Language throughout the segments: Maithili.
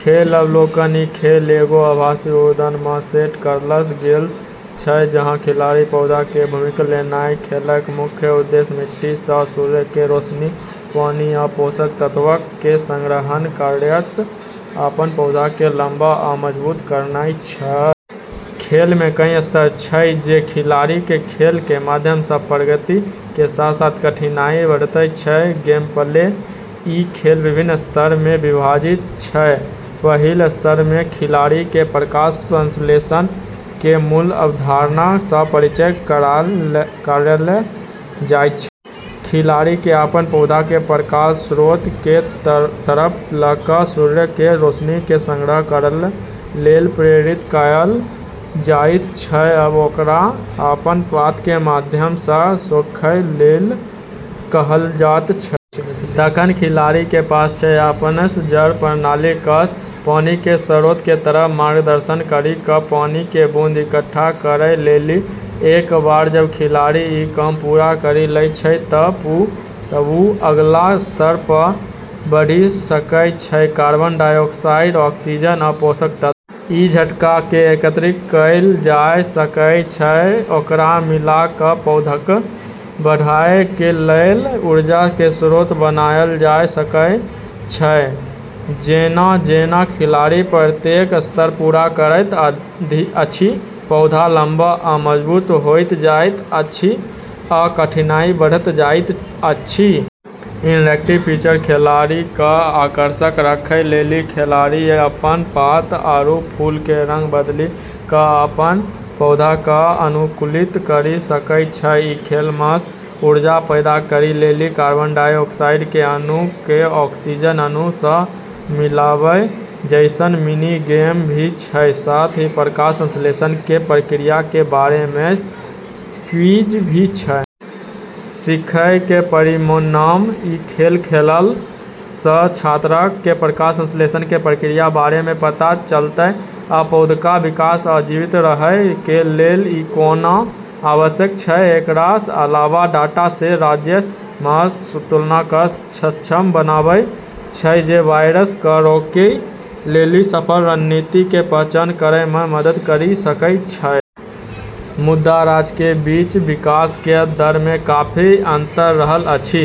खेल अवलोकन: ई खेल एगो आभासी उद्यान मऽ सेट करलऽ गेलऽ छै जहाँ खिलाड़ी पौधा के भूमिका लेनाय । खेलक मुख्य उद्देश्य मिट्टी सऽ सूर्य के रोशनी, पानी, आ पोषक तत्वक कें संग्रहण करयत अपन पौधा के लंबा आ मजबूत करनाय छै। खेल मे कई स्तर छै जे खिलाड़ी के खेल के माध्यम सऽ प्रगति के साथ-साथ कठिनाई बढ़यत छै। गेमप्ले: ई खेल विभिन्न स्तर में विभाजित छै। पहिल स्तर में खिलाड़ी के प्रकाश संश्लेषण के मूल अवधारणा स परिचय करायल जाय छै। खिलाड़ी के अपन पौधा के प्रकाश स्रोत के तरफ ल क सूर्य के रोशनी के संग्रह करय लेल प्रेरित कयल जाइत छै आ ओकरा अपन पात के माध्यम स सोखय लेल कहल जायत छै। तखन खिलाड़ी के पास छै अपनऽ जड़ प्रणाली कऽ पानी के स्रोत के तरफ मार्गदर्शन करी कऽ पानी के बूंद इकट्ठा करै लेली। एक बार जब खिलाड़ी ई काम पूरा करी लै छै तऽ वू अगला स्तर पऽ बढ़ी सकै छै कार्बन डाइऑक्साइड, ऑक्सीजन, आ पोषक तत्व। इ घटक के एकत्रित कैल जा सकएय छै आ ओकरा मिला क पौधाक बढ़एय के लेल ऊर्जा के स्रोत बनायल जा सकएय छै। जेना-जेना खिलाड़ी प्रत्येक स्तर पूरा करैत अछि, पौधा लंबा आ मजबूत होइत जाइत अछि, आ कठिनाई बढ़ैत जाइत अछि। इंटरैक्टिव फीचर: खेल कऽ आकर्षक रखै लेली खिलाड़ी अपनऽ पात आरू फूलऽ के रंग बदली कऽ अपनऽ पौधा कऽ अनुकूलित करी सकै छै। ई खेल मऽ ऊर्जा पैदा करै लेली कार्बन डाइऑक्साइड के अणु क॑ ऑक्सीजन अणु सऽ मिलाबै जैसनऽ मिनी गेम भी छै, साथ ही प्रकाश संश्लेषण के प्रक्रिया के बारे मऽ क्विज भी छै। सीखय के परिणाम: इ खेल खेलला सऽ छात्रक के प्रकाश संश्लेषण के प्रक्रिया के बारे मे पता चलतय आ पौधाक विकास आ जीवित रहय के लेल इ कोना आवश्यक छै ।एकरऽ अलावा, डाटा सेट राज्यऽ मऽ तुलना कऽ सक्षम बनाबै छै, जे वायरस कऽ रोकै लेली सफल रणनीति के पहचान करै मऽ मदद करी सकै छै। मुदा राज्य क बीच विकास क दर मे काफी अंतर रहल अछि।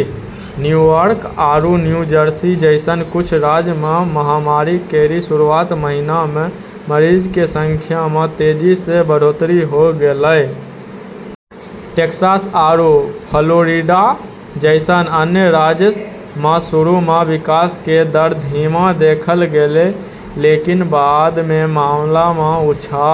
न्यूयॉर्क आरू न्यू जर्सी जैसनऽ कुछ राज्यऽ मऽ महामारी केरऽ शुरुआती महीना मऽ मरीजऽ के संख्या मऽ तेजी सऽ बढ़ोत्तरी होय गेलै। टेक्सास आरू फ्लोरिडा जैसनऽ अन्य राज्यऽ मऽ शुरू मऽ विकास केरऽ दर धीमा देखलऽ गेलै, लेकिन बाद मे मामला मऽ उछाल ।